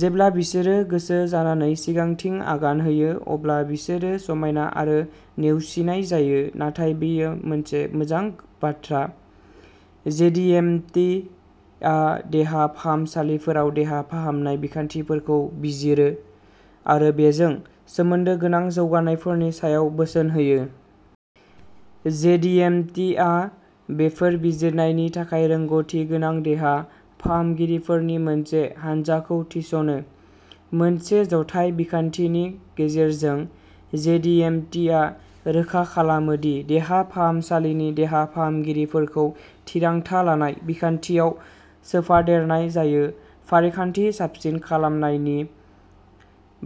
जेब्ला बिसोरो गोसो जानानै सिगांथिं आगान होयो अब्ला बिसोरो समायना आरो नेवसिनाय जायो। नाथाय बेयो मोनसे मोजां बाथ्रा। जेडिएमटिआ देहा फाहामसालिफोराव देहा फाहामनाय बिखान्थिफोरखौ बिजिरो आरो बेजों सोमोन्दो गोनां जौगानायफोरनि सायाव बोसोन होयो। जेडिएमटिआ बेफोर बिजिरनायनि थाखाय रोंग'थिगोनां देहा फाहामगिरिफोरनि मोनसे हानजाखौ थिसनो। मोनसे जथाय बिखान्थिनि गेजेरजों, जेडिएमटिआ रोखा खालामो दि देहा फाहामसालिनि देहा फाहामगिरिफोरखौ थिरांथा लानाय बिखान्थियाव सोफादेरनाय जायो, फारिखान्थि साबसिन खालामनायनि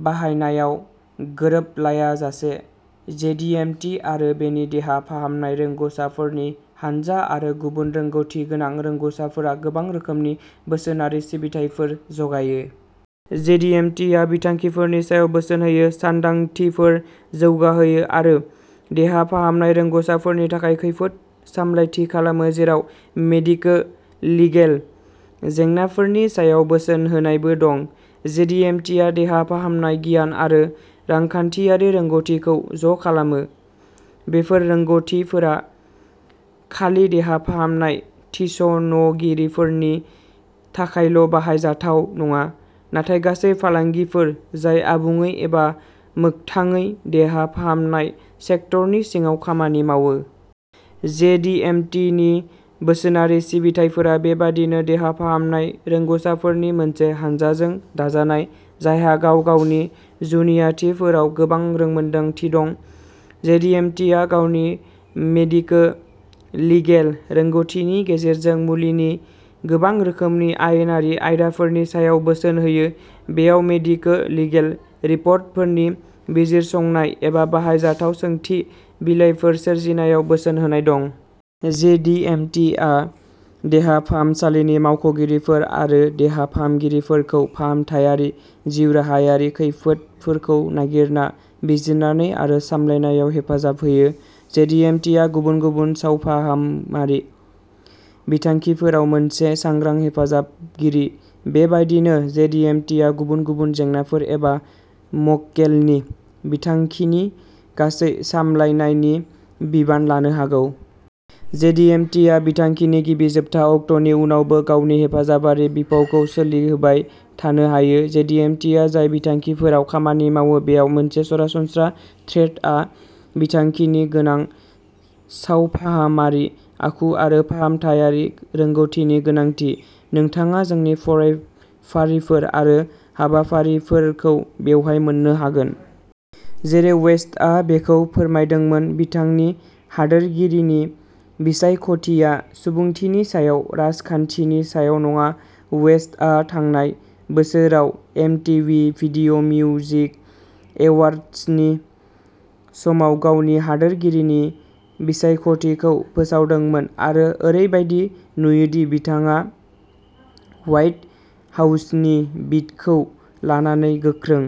बाहायनायाव गोरोबलायाजासे। जेडिएमटि आरो बेनि देहा फाहामनाय रोंग'साफोरनि हानजा आरो गुबुन रोंग'थिगोनां रोंग'साफोरा गोबां रोखोमनि बोसोनारि सिबिथाइफोर जगायो। जेडिएमटिआ बिथांखिफोरनि सायाव बोसोन होयो, सानदांथिफोर जौगाहोयो आरो देहा फाहामनाय रोंग'साफोरनि थाखाय खैफोद सामलायथि खालामो, जेराव मेडिको-लिगेल जेंनाफोरनि सायाव बोसोन होनायबो दं। जेडिएमटिआ देहा फाहामनाय गियान आरो रांखान्थियारि रोंग'थिखौ ज'खालामो। बेफोर रोंग'थिफोरा खालि देहा फाहामनाय थिस'नगिरिफोरनि थाखायल'बाहायजाथाव नङा, नाथाय गासै फालांगिफोर जाय आबुङै एबा मोगथांयै देहा फाहामनाय सेक्टरनि सिङाव खामानि मावो। जेडिएमटिनि बोसोनारि सिबिथाइफोरा बेबादिनो देहा फाहामनाय रोंग'साफोरनि मोनसे हानजाजों दाजानाय, जायहा गाव-गावनि जुनियाथिफोराव गोबां रोंमोनदांथि दं। जेडिएमटिआ गावनि मेडिको-लिगेल रोंग'थिनि गेजेरजों मुलिनि गोबां रोखोमनि आयेनारि आयदाफोरनि सायाव बोसोन होयो। बेयाव मेडिको-लिगेल रिपर्टफोरनि बिजिरसंनाय, एबा बाहायजाथाव सोंथि बिलाइफोर सोरजिनायाव बोसोन होनाय दं। जेडिएमटिआ देहा फाहामसालिनि मावख'गिरिफोर आरो देहा फाहामगिरिफोरखौ फाहामथायारि जिउराहायारि खैफोदफोरखौ नागिरना, बिजिरनानै आरो सामलायनायाव हेफाजाब होयो। जेडिएमटिआ गुबुन गुबुन सावफाहामारि बिथांखिफोराव मोनसे सांग्रां हेफाजाबगिरि। बेबायदिनो, जेडिएमटिआ गुबुन गुबुन जेंनाफोर एबा मक्केलनि बिथांखिनि गासै सामलायनायनि बिबान लानो हागौ। जेडिएमटिआ बिथांखिनि गिबि जोबथा अक्ट'नि उनावबो गावनि हेफाजाबारि बिफावखौ सोलिहोबाय थानो हायो। जेडिएमटिआ जाय बिथांखिफोराव खामानि मावो बेयाव मोनसे सरासनस्रा थ्रेडआ बिथांखिनि गोनां सावफाहामारि आखु आरो फाहामथायारि रोंग'थिनि गोनांथि। नोंथाङा जोंनि फरायफारिफोर आरो हाबाफारिफोरखौ बेवहाय मोन्नो हागोन। जेरै वेस्टआ बेखौ फोरमायदोंमोन, बिथांनि हादोरगिरिनि बिसायख'थिया सुबुंथिनि सायाव, राजखान्थिनि सायाव नङा। वेस्टआ थांनाय बोसोराव एमटीवी भिदिय'मिउजिक एवार्ड्सनि समाव गावनि हादोरगिरिनि बिसायख'थिखौ फोसावदोंमोन, आरो ओरैबायदि नुयोदि बिथाङा ह्वाइट हाउसनि बिडखौ लानानै गोख्रों।